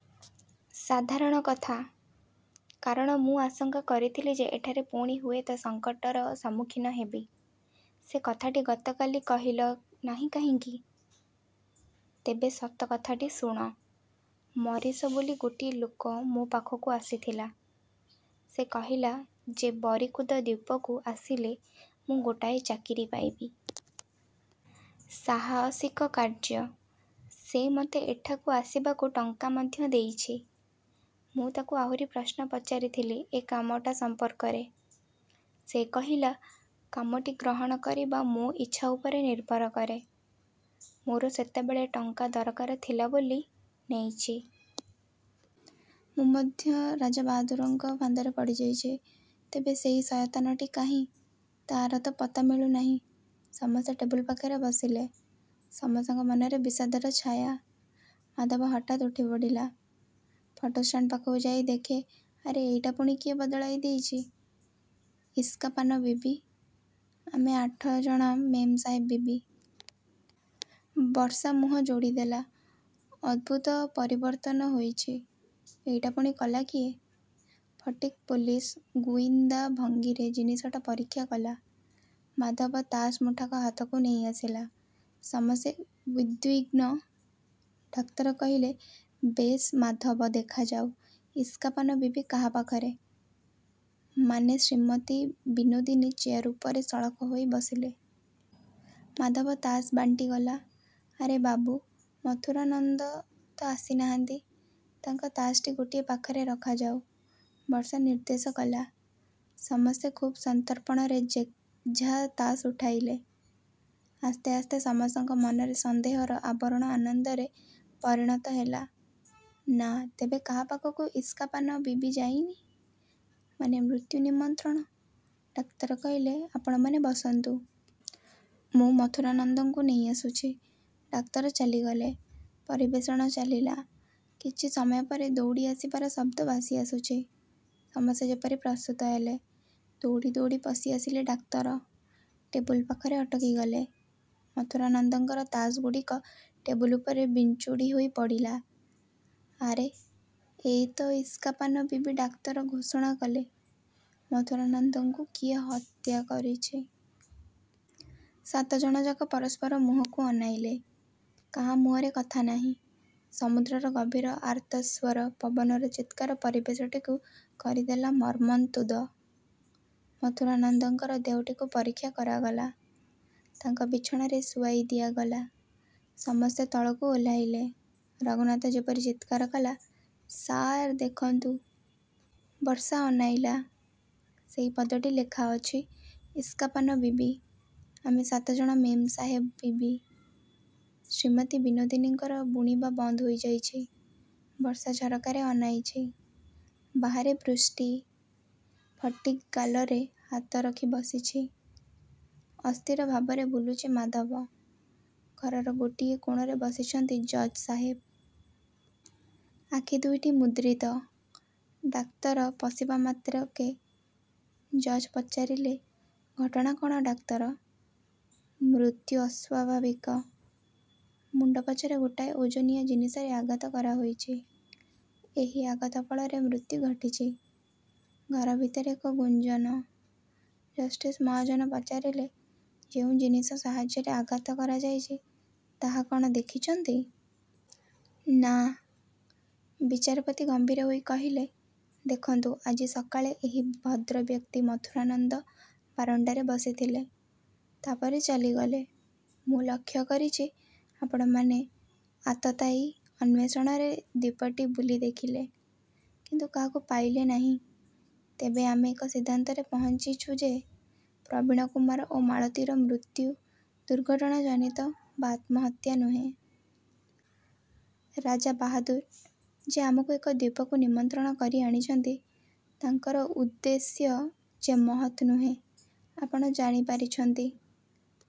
ସାଧାରଣ କଥା। କାରଣ ମୁଁ ଆଶଙ୍କା କରିଥିଲି ଯେ ଏଠାରେ ପୁଣି ହୁଏତ ସଙ୍କଟର ସମ୍ମୁଖୀନ ହେବି। ସେ କଥାଟି ଗତକାଲି କହିଲ ନାହିଁ କାହିଁକି? ତେବେ ସତ କଥାଟି ଶୁଣ। ମରିସ ବୋଲି ଗୋଟିଏ ଲୋକ ମୋ ପାଖକୁ ଆସିଥିଲା। ସେ କହିଲା ଯେ ବରିକୁଦ ଦ୍ଵୀପକୁ ଆସିଲେ ମୁଁ ଗୋଟାଏ ଚାକିରି ପାଇବି। ସାହସିକ କାର୍ଯ୍ୟ। ସେ ମୋତେ ଏଠାକୁ ଆସିବାକୁ ଟଙ୍କା ମଧ୍ୟ ଦେଇଛି। ମୁଁ ତାକୁ ଆହୁରି ପ୍ରଶ୍ନ ପଚାରିଥିଲି ଏ କାମଟା ସମ୍ପର୍କରେ। ସେ କହିଲା, କାମଟି ଗ୍ରହଣ କରିବା ମୋ ଇଚ୍ଛା ଉପରେ ନିର୍ଭର କରେ। ମୋର ସେତେବେଳେ ଟଙ୍କା ଦରକାର ଥିଲା ବୋଲି ନେଇଛି। ମୁଁ ମଧ୍ୟ ରାଜାବାହାଦୁରଙ୍କ ଫାନ୍ଦରେ ପଡ଼ିଯାଇଛି। ତେବେ ସେଇ ଶୟତାନଟି କାହିଁ? ତାହାର ତ ପତ୍ତା ମିଳୁନାହିଁ। ସମସ୍ତେ ଟେବୁଲ ପାଖରେ ବସିଲେ। ସମସ୍ତଙ୍କ ମନରେ ବିଷାଦର ଛାୟା। ମାଧବ ହଠାତ୍ ଉଠିପଡ଼ିଲା। ଫଟୋ ଷ୍ଟାଣ୍ଡ ପାଖକୁ ଯାଇ ଦେଖେ, ଆରେ ଏଇଟା ପୁଣି କିଏ ବଦଳାଇଦେଇଛି, ଇସ୍କାପାନ ବିବି, ଆମେ ଆଠ ଜଣ ମେମ୍ ସାହେବ ବିବି। ବର୍ଷା ମୁହଁ ଯୋଡ଼ିଦେଲା, ଅଦ୍ଭୁତ ପରିବର୍ତ୍ତନ ହୋଇଛି। ଏଇଟା ପୁଣି କଲା କିଏ? ଫଟିକ୍ ପୋଲିସ ଗୁଇନ୍ଦା ଭଙ୍ଗୀରେ ଜିନିଷଟା ପରୀକ୍ଷା କଲା। ମାଧବ ତାସ୍ ମୁଠାକ ହାତକୁ ନେଇଆସିଲା। ସମସ୍ତେ ଉଦ୍ବିଗ୍ନ। ଡାକ୍ତର କହିଲେ, ବେଶ୍, ମାଧବ, ଦେଖାଯାଉ ଇସ୍କାପାନ ବିବି କାହା ପାଖରେ, ମାନେ ଶ୍ରୀମତୀ ବିନୋଦିନୀ ଚେୟାର ଉପରେ ସଳଖ ହୋଇ ବସିଲେ। ମାଧବ ତାସ୍ ବାଣ୍ଟିଗଲା, ଆରେ ବାବୁ, ମଥୁରାନନ୍ଦ ତ ଆସିନାହାନ୍ତି। ତାଙ୍କ ତାସ୍ ଟି ଗୋଟିଏ ପାଖରେ ରଖାଯାଉ, ବର୍ଷା ନିର୍ଦ୍ଦେଶ କଲା। ସମସ୍ତେ ଖୁବ୍ ସନ୍ତର୍ପଣରେ ଯେଝା ତାସ୍ ଉଠାଇଲେ। ଆସ୍ତେ ଆସ୍ତେ ସମସ୍ତଙ୍କ ମନରେ ସନ୍ଦେହର ଆବରଣ ଆନନ୍ଦରେ ପରିଣତ ହେଲା। ନା, ତେବେ କାହା ପାଖକୁ ଇସ୍କାପାନ ବିବି ଯାଇନି, ମାନେ ମୃତ୍ୟୁ ନିମନ୍ତ୍ରଣ, ଡାକ୍ତର କହିଲେ, ଆପଣମାନେ ବସନ୍ତୁ। ମୁଁ ମଥୁରାନନ୍ଦଙ୍କୁ ନେଇଆସୁଛି। ଡାକ୍ତର ଚାଲିଗଲେ। ପରିବେଷଣ ଚାଲିଲା। କିଛି ସମୟ ପରେ ଦୌଡ଼ିଆସିବାର ଶବ୍ଦ ଭାସିଆସୁଛି। ସମସ୍ତେ ଯେପରି ପ୍ରସ୍ତୁତ ହେଲେ। ଦୌଡ଼ି ଦୌଡ଼ି ପଶିଆସିଲେ ଡାକ୍ତର। ଟେବୁଲ ପାଖରେ ଅଟକିଗଲେ। ମଥୁରାନନ୍ଦଙ୍କର ତାସ୍ ଗୁଡ଼ିକ ଟେବୁଲ ଉପରେ ବିଞ୍ଚୁଡ଼ି ହୋଇ ପଡ଼ିଲା। ଆରେ, ଏଇ ତ ଇସ୍କାପାନ ବିବି ଡାକ୍ତର ଘୋଷଣା କଲେ, ମଥୁରାନନ୍ଦଙ୍କୁ କିଏ ହତ୍ୟା କରିଛି। ସାତ ଜଣଯାକ ପରସ୍ପର ମୁହଁକୁ ଅନାଇଲେ। କାହା ମୁହଁରେ କଥା ନାହିଁ। ସମୁଦ୍ରର ଗଭୀର ଆର୍ତ୍ତସ୍ୱର, ପବନର ଚିତ୍କାର ପରିବେଶଟିକୁ କରିଦେଲା ମର୍ମନ୍ତୁଦ। ମଥୁରାନନ୍ଦଙ୍କର ଦେହଟିକୁ ପରୀକ୍ଷା କରାଗଲା। ତାଙ୍କ ବିଛଣାରେ ଶୁଆଇଦିଆଗଲା। ସମସ୍ତେ ତଳକୁ ଓହ୍ଲାଇଲେ। ରଘୁନାଥ ଯେପରି ଚିତ୍କାର କଲା, ସାର୍, ଦେଖନ୍ତୁ। ବର୍ଷା ଅନାଇଲା। ସେଇ ପଦଟି ଲେଖାଅଛି, ଇସ୍କାପାନ ବିବି, ଆମେ ସାତ ଜଣ ମେମ୍ ସାହେବ ବିବି। ଶ୍ରୀମତୀ ବିନୋଦିନୀଙ୍କର ବୁଣିବା ବନ୍ଦ ହୋଇଯାଇଛି। ବର୍ଷା ଝରକାରେ ଅନାଇଛି। ବାହାରେ ବୃଷ୍ଟି। ଫଟିକ୍ ଗାଲରେ ହାତ ରଖି ବସିଛି। ଅସ୍ଥିର ଭାବରେ ବୁଲୁଛି ମାଧବ। ଘରର ଗୋଟିଏ କୋଣରେ ବସିଛନ୍ତି ଜଜ୍ ସାହେବ। ଆଖି ଦୁଇଟି ମୁଦ୍ରିତ। ଡାକ୍ତର ପଶିବାମାତ୍ରକେ ଜଜ୍ ପଚାରିଲେ, ଘଟଣା କ'ଣ ଡାକ୍ତର? ମୃତ୍ୟୁ ଅସ୍ଵାଭାବିକ। ମୁଣ୍ଡ ପଛରେ ଗୋଟାଏ ଓଜନିଆ ଜିନିଷରେ ଆଘାତ କରାହୋଇଛି। ଏହି ଆଘାତ ଫଳରେ ମୃତ୍ୟୁ ଘଟିଛି। ଘର ଭିତରେ ଏକ ଗୁଞ୍ଜନ। ଜଷ୍ଟିସ୍ ମହାଜନ ପଚାରିଲେ, ଯେଉଁ ଜିନିଷ ସାହାଯ୍ୟରେ ଆଘାତ କରାଯାଇଛି, ତାହା କ'ଣ ଦେଖିଛନ୍ତି? ନା! ବିଚାରପତି ଗମ୍ଭୀର ହୋଇ କହିଲେ, ଦେଖନ୍ତୁ, ଆଜି ସକାଳେ ଏହି ଭଦ୍ରବ୍ୟକ୍ତି ମଥୁରାନନ୍ଦ ବାରଣ୍ଡାରେ ବସିଥିଲେ। ତା ପରେ ଚାଲିଗଲେ। ମୁଁ ଲକ୍ଷ୍ୟ କରିଛି, ଆପଣମାନେ ଆତତାୟୀ ଅନ୍ୱେଷଣରେ ଦ୍ଵୀପଟି ବୁଲି ଦେଖିଲେ, କିନ୍ତୁ କାହାକୁ ପାଇଲେ ନାହିଁ। ତେବେ ଆମେ ଏକ ସିଦ୍ଧାନ୍ତରେ ପହଞ୍ଚିଛୁ ଯେ ପ୍ରବୀଣକୁମାର ଓ ମାଳତୀର ମୃତ୍ୟୁ ଦୁର୍ଘଟଣାଜନିତ ବା ଆତ୍ମହତ୍ୟା ନୁହେଁ। ରାଜାବାହାଦୁର, ଯେ ଆମକୁ ଏ ଦ୍ୱୀପକୁ ନିମନ୍ତ୍ରଣ କରି ଆଣିଛନ୍ତି, ତାଙ୍କର ଉଦ୍ଦେଶ୍ୟ ଯେ ମହତ୍ ନୁହେଁ ଆପଣ ଜାଣିପାରିଛନ୍ତି।